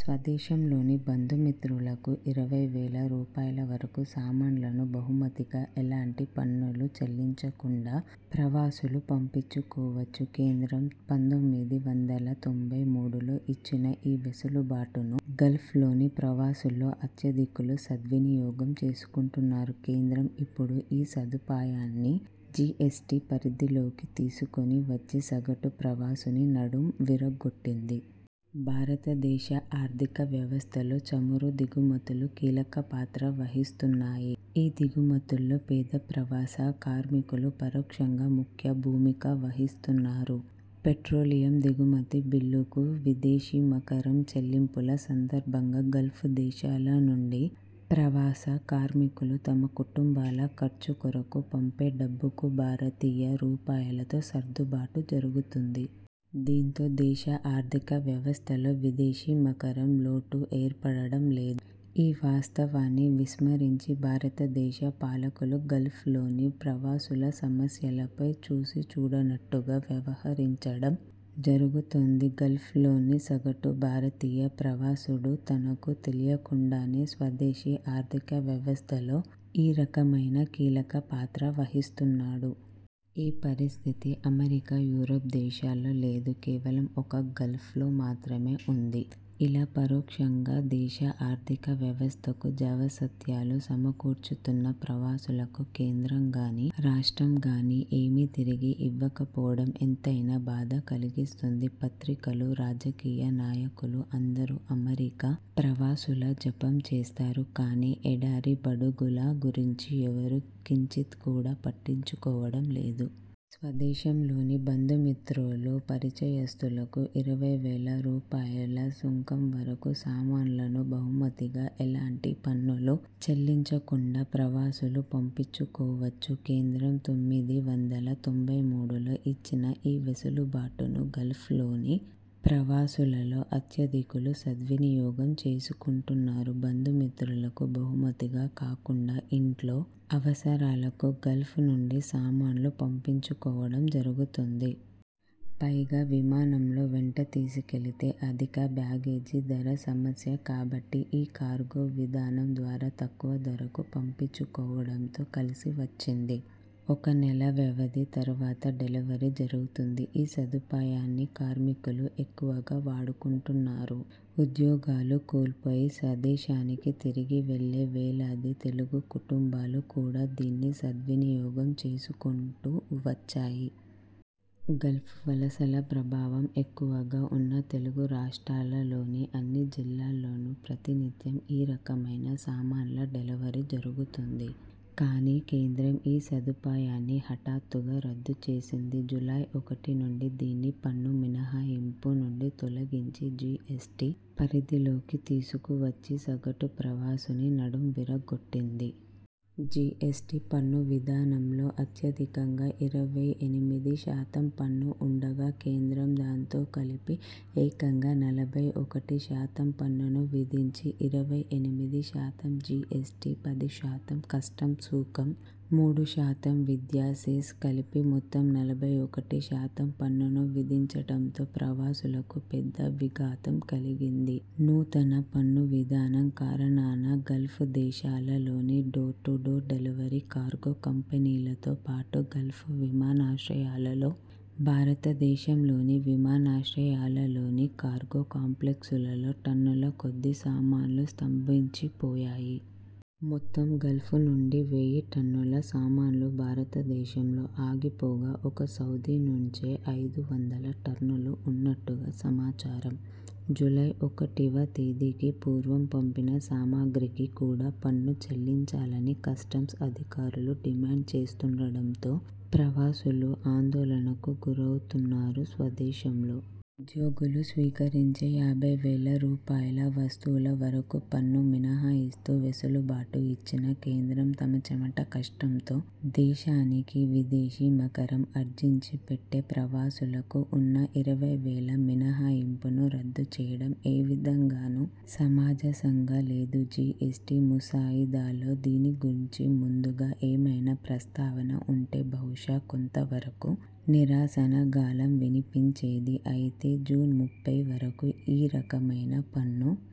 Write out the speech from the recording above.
స్వదేశంలోని బంధుమిత్రులకు ఇరవై వేల రూపాయల వరకు సామాన్లను బహుమతిగా ఎలాంటి పన్నులు చెల్లించకుండా ప్రవాసులు పంపించుకోవచ్చు. కేంద్రం పంతొమ్మిది వందల తొంభై మూడులో ఇచ్చిన ఈ వెసులుబాటును గల్ఫ్లోని ప్రవాసుల్లో అత్యధికులు సద్వినియోగం చేసుకొంటున్నారు కేంద్రం ఇప్పుడు ఈ సదుపాయాన్ని జీఎస్టీ పరిధిలోకి తీసుకొని వచ్చి సగటు ప్రవాసుని నడుం విరగొట్టింది. భారతదేశ ఆర్థిక వ్యవస్థలో చమురు దిగుమతులు కీలకపాత్ర వహిస్తున్నాయి. ఈ దిగుమతుల్లో పేద ప్రవాస కార్మికులు పరోక్షంగా ముఖ్య భూమిక వహిస్తున్నారు. పెట్రోలియం దిగుమతి బిల్లుకు విదేశీమారకం చెల్లింపుల సందర్భంగా గల్ఫ్ దేశాల నుంచి ప్రవాస కార్మికులు తమ కుటుంబాల ఖర్చు కొరకు పంపే డబ్బుకు భారతీయ రూపాయలతో సర్దుబాటు జరుగుతుంది. దీంతో దేశ ఆర్థిక వ్యవస్థలో విదేశీ మారకం లోటు ఏర్పడడం లేదు. ఈ వాస్త వాన్ని విస్మరించి భారతదేశ పాలకులు గల్ఫ్లోని ప్రవాసుల సమస్యలపై చూసీచూడనట్లుగా వ్యవహరించడం జరుగుతోంది. గల్ఫ్లోని సగటు భారతీయ ప్రవాసుడు తనకు తెలియకుండానే స్వదేశీ ఆర్థికవ్యవస్థలో ఈ రకమైన కీలక పాత్ర వహిస్తున్నాడు. ఈ పరిస్థితి అమెరికా, యూరోప్ దేశాల్లో లేదు, కేవలం ఒక్క గల్ఫ్లో మాత్రమే ఉంది. ఇలా పరోక్షంగా దేశ ఆర్థిక వ్యవస్థకు జవసత్వాలు సమకూర్చుతున్న ప్రవాసులకు కేంద్రం గానీ, రాష్ట్రం గానీ ఏమీ తిరిగి ఇవ్వకపోవడం ఎంతైనా బాధ కల్గిస్తోంది. పత్రికలు, రాజకీయ నాయ కులు అందరూ అమెరికా ప్రవాసుల జపం చేస్తారు గానీ ఎడారి బడుగుల గూర్చి ఎవరూ కించిత్ కూడా పట్టించుకోవడం లేదు. స్వదేశంలోని బంధుమిత్రులు, పరిచయస్తులకు ఇరవైవేల రూపాయల సుంకం వరకు సామాన్లను బహుమతిగా ఎలాంటి పన్నులు చెల్లించకుండా ప్రవాసులు పంపించుకోవచ్చు కేంద్రం తొమ్మిది వందల తొంభై మూడులో ఇచ్చిన ఈ వెసులుబాటును గల్ఫ్లోని ప్రవాసులలో అత్యధికులు సద్వినియోగం చేసుకొంటున్నారు బంధుమిత్రులకు బహుమతిగా కాకుండా ఇంట్లో అవసరాలకు గల్ఫ్ నుంచి సామాన్లు పంపించుకోవడం జరుగుతోంది. పైగా విమానంలో వెంట తీసుకెళితే అధిక బ్యాగేజీ ధర సమస్య కాబట్టి ఈ కార్గో విధానంద్వారా తక్కువ ధరకు పంపించుకోవడంతో కలిసి వచ్చింది. ఒక నెల వ్యవధి తర్వాత డెలివరీ జరుగుతుంది. ఈ సదుపాయాన్ని కార్మికులు ఎక్కువగా వాడుకొంటున్నారు. ఉద్యోగాలు కోల్పోయి స్వదేశానికి తిరిగివెళ్ళే వేలాది తెలుగు కుటుంబాలు కూడా దీన్ని సద్వినియోగం చేసుకుంటూ వచ్చాయి. గల్ఫ్ వలసల ప్రభావం ఎక్కవగా ఉన్న తెలుగు రాష్ట్రాలలోని అన్ని జిల్లాల్లోనూ ప్రతినిత్యం ఈ రకమైన సామాన్ల డెలివరీ జరుగుతుంది. కానీ కేంద్రం ఈ సదుపాయాన్ని హఠాత్తుగా రద్దు చేసింది. జూలై ఒకటి నుంచి దీన్ని పన్ను మినహాయింపు నుంచి తొలగించి జీఎస్టీ పరిధిలోకి తీసుకువచ్చి సగటు ప్రవాసుని నడుం విరగొట్టింది. జీఎస్టీ పన్ను విధానంలో అత్యధికంగా ఇరవై ఎనిమిది శాతం పన్ను ఉండగా కేంద్రం దాంతో కలిపి ఏకంగా నలభై ఒకటి శాతం పన్నును విధించింది ఇరవై ఎనిమిది శాతం జీఎస్టీ, పది శాతం కస్టమ్స్ సుంకం, మూడు శాతం విద్యా సెస్ కలిపి మొత్తం నలభై ఒకటి శాతం పన్నును విధించడంతో ప్రవాసులకు పెద్ద విఘాతం కలిగింది నూతన పన్ను విధానం కారణాన గల్ఫ్ దేశాలలోని door to door delivery cargo కంపెనీలతో పాటు గల్ఫ్ విమానాశ్రయాలలో, భారతదేశంలోని విమానాశ్రయాలలోని కార్గో కాంప్లెక్సులలో టన్నుల కొద్ది సామాన్లు స్తంభించిపోయాయి. మొత్తం గల్ఫ్ నుంచి వేయి టన్నుల సామాన్లు భారతదేశంలో ఆగిపోగా ఒక్క సౌదీ నుంచే ఐదు వందల టన్నులు ఉన్నట్లుగా సమాచారం జూలై ఒకటివ తేదీకి పూర్వం పంపిన సామాగ్రికి కూడా పన్ను చెల్లించాలని కస్టమ్స్ అధికారులు డిమాండ్ చేస్తుండడంతో ప్రవాసులు ఆందోళనకు గురవుతున్నారు స్వదేశంలో ఉద్యోగులు స్వీకరించే యాభైవేల రూపాయల వస్తువుల వరకు పన్ను మినహాయిస్తూ వెసులుబాటు ఇచ్చిన కేంద్రం, తమ చెమట కష్టంతో దేశానికి విదేశీ మారకం ఆర్జించి పెట్టే ప్రవాసులకు ఉన్న ఇరవైవేల మినహాయింపును రద్దుచేయడం ఏ విధంగానూ సమంజసంగా లేదు జీఎస్టీ ముసాయిదాలో దీనిగూర్చి ముందుగా ఏమైనా ప్రస్తావన ఉంటే బహుశా కొంత వరకు నిరసన గళం వినిపించేది. అయితే జూన్ ముప్పై వరకు ఈ రకమైన పన్ను